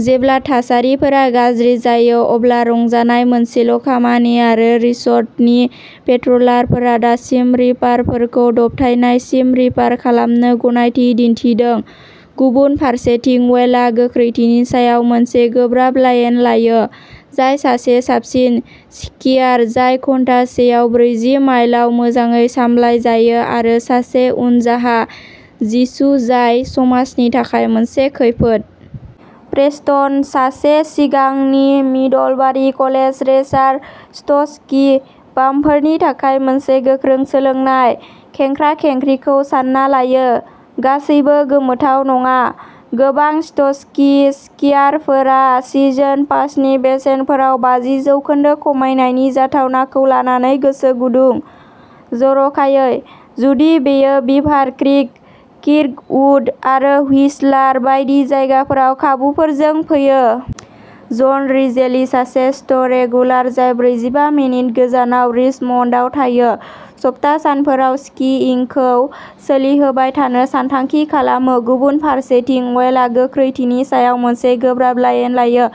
जेब्ला थासारिफोरा गाज्रि जायो, अब्ला रंजानाय मोनसेल' खामानि आरो रिसर्टनि पेट्रलारफोरा दासिम रिपारफोरखौ दबथायनायसिम रिपार खालामनो गनायथि दिन्थिदों। गुबुन फारसेथिं, वेलआ गोख्रैथिनि सायाव मोनसे गोब्राब लाइन लायो, जाय सासे साबसिन स्कियार जाय घन्टासेआव ब्रैजि माइलआव मोजाङै सामलायजायो आरो सासे उनजाहा जिसु जाय समाजनि थाखाय मोनसे खैफोद। प्रेस्टन, सासे सिगांनि मिडलबारि कलेज रेसार, स्ट'स्कि बामफोरनि थाखाय मोनसे गोख्रों सोलोंनाय खेंख्रा-खेंख्रिखौ सान्ना लायो। गासैबो गोमोथाव नङा। गोबां स्ट'स्कि स्कियारफोरा सिजन पासनि बेसेनफोराव बाजि जौखोन्दो खमायनायनि जाथावनाखौ लानानै गोसो गुदुं, जर'खायै जुदि बेयो बिभार क्रिक, किर्कवुड आरो व्हिस्लार बायदि जायगाफोराव खाबुफोरजों फैयो। जन रिजेलि, सासे स्ट'रेगुलार जाय ब्रैजिबा मिनिट गोजानाव रिचमन्डआव थायो, सप्ता सानफोराव स्कीइंगखौ सोलिहोबाय थानो सानथांखि खालामो। गुबुन फारसेथिं, वेलआ गोख्रैथिनि सायाव मोनसे गोब्राब लाइन लायो,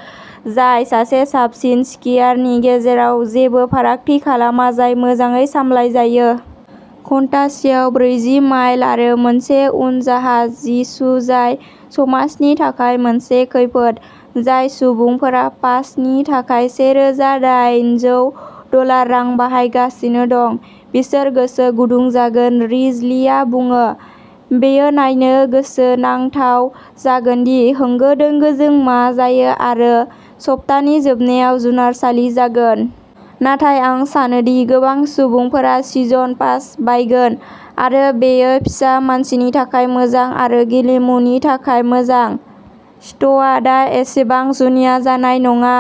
जाय सासे साबसिन स्कियारनि गेजेराव जेबो फारागथि खालामा जाय मोजाङै सामलायजायो। घन्टासेआव ब्रैजि माइल आरो मोनसे उनजाहा जिसु जाय समाजनि थाखाय मोनसे खैफोद। जाय सुबुंफोरा पासनि थाखाय से रोजा दायेनजौ डलार रां बाहायगासिनो दं, बिसोर गोसो गुदुं जागोन रिजलिआ बुङो। बेयो नायनो गोसोनांथाव जागोन दि होंगो-दोंगोजों मा जायो, आरो सप्तानि जोबनायाव जुनारसालि जागोन। नाथाय आं सानोदि गोबां सुबुंफोरा सिजन पास बायगोन, आरो बेयो फिसा मानसिनि थाखाय मोजां आरो गेलेमुनि थाखाय मोजां। स्ट'वा दा एसेबां जुनिया जानाय नङा।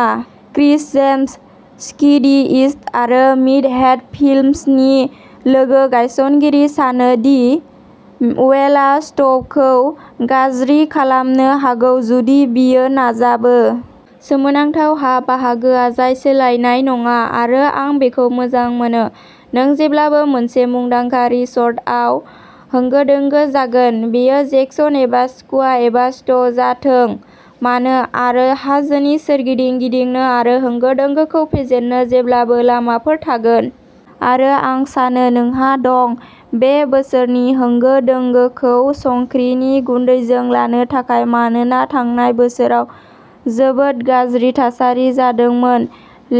Chris James, ski the East आरो मिटहेड फिल्म्सनि लोगो-गायसनगिरि, सानो दि वेलआ स्ट'वखौ गाज्रि खालामनो हागौ, जुदि बियो नाजाबो। "सोमोनांथाव हा-बाहागोआ-जाय सोलायनाय नङा, आरो आं बेखौ मोजां मोनो। नों जेब्लाबो मोनसे मुंदांखा रिसर्टआव होंगो-दोंगो जागोन, बेयो जेक्सन एबा स्कुवा एबा स्ट'व जाथों मानो। आरो हाजोनि सोरगिदिं गिदिंनो आरो होंगो-दोंगोखौ फेजेननो जेब्लाबो लामाफोर थागोन। आरो आं सानो नोंहा दं। बे बोसोरनि होंगो-दोंगोखौ संख्रिनि गुन्दैजों लानो थाखाय, मानोना थांनाय बोसोराव जोबोद गाज्रि थासारि जादोंमोन।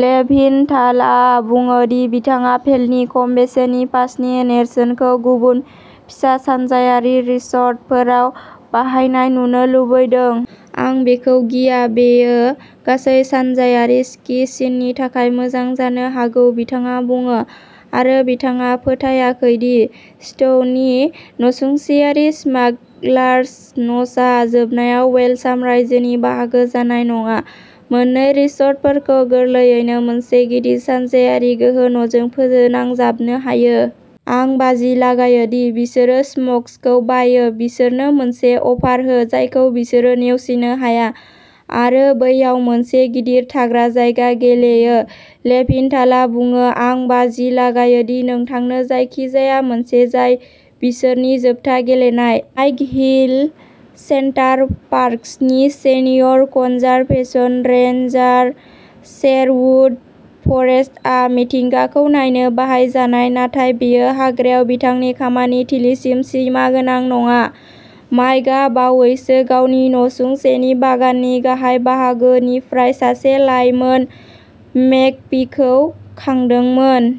लेभिनथालआ बुङो दि बिथाङा भेलनि खम बेसेननि पासनि नेरसोनखौ गुबुन, फिसा सानजायारि रिसर्टफोराव बाहायनाय नुनो लुबैदों। आं बेखौ गिया बेयो गासै सानजायारि स्की सिननि थाखाय मोजां जानो हागौ बिथाङा बुङो। आरो बिथाङा फोथायाखै दि स्ट'वनि नसुंसेयारि, स्मागलार्स'नचआ, जोबनायाव वेल साम्रायजोनि बाहागो जानाय नङा। मोन्नै रिसर्टफोरखौ गोरलैयैनो मोनसे गिदिर सानजायारि गोहो न'जों फोनांजाबनो हायो। आं बाजि लागायो दि बिसोरो स्मग्सखौ बायो बिसोरनो मोनसे अफार हो जायखौ बिसोरो नेवसिनो हाया आरो बैयाव मोनसे गिदिर थाग्रा जायगा गेलेयो लेभिनथालआ बुङो। आं बाजि लागायो दि नोंथांनो जायखिजाया मोनसे जाय बिसोरनि जोबथा गेलेनाय। माइक हिल, सेन्टार पार्क्सनि सेनियर कनजारभेशन रेंजार शेरवुड फरेस्टआ मिथिंगाखौ नायनो बाहायजानाय, नाथाय बेयो हाग्रायाव बिथांनि खामानि थिलिसिम सिमागोनां नङा। माइकआ बावैसो गावनि नसुंसेनि बागाननि गाहाय बाहागोनिफ्राय सासे लाइमोन मेगपीखौ खांदोंमोन।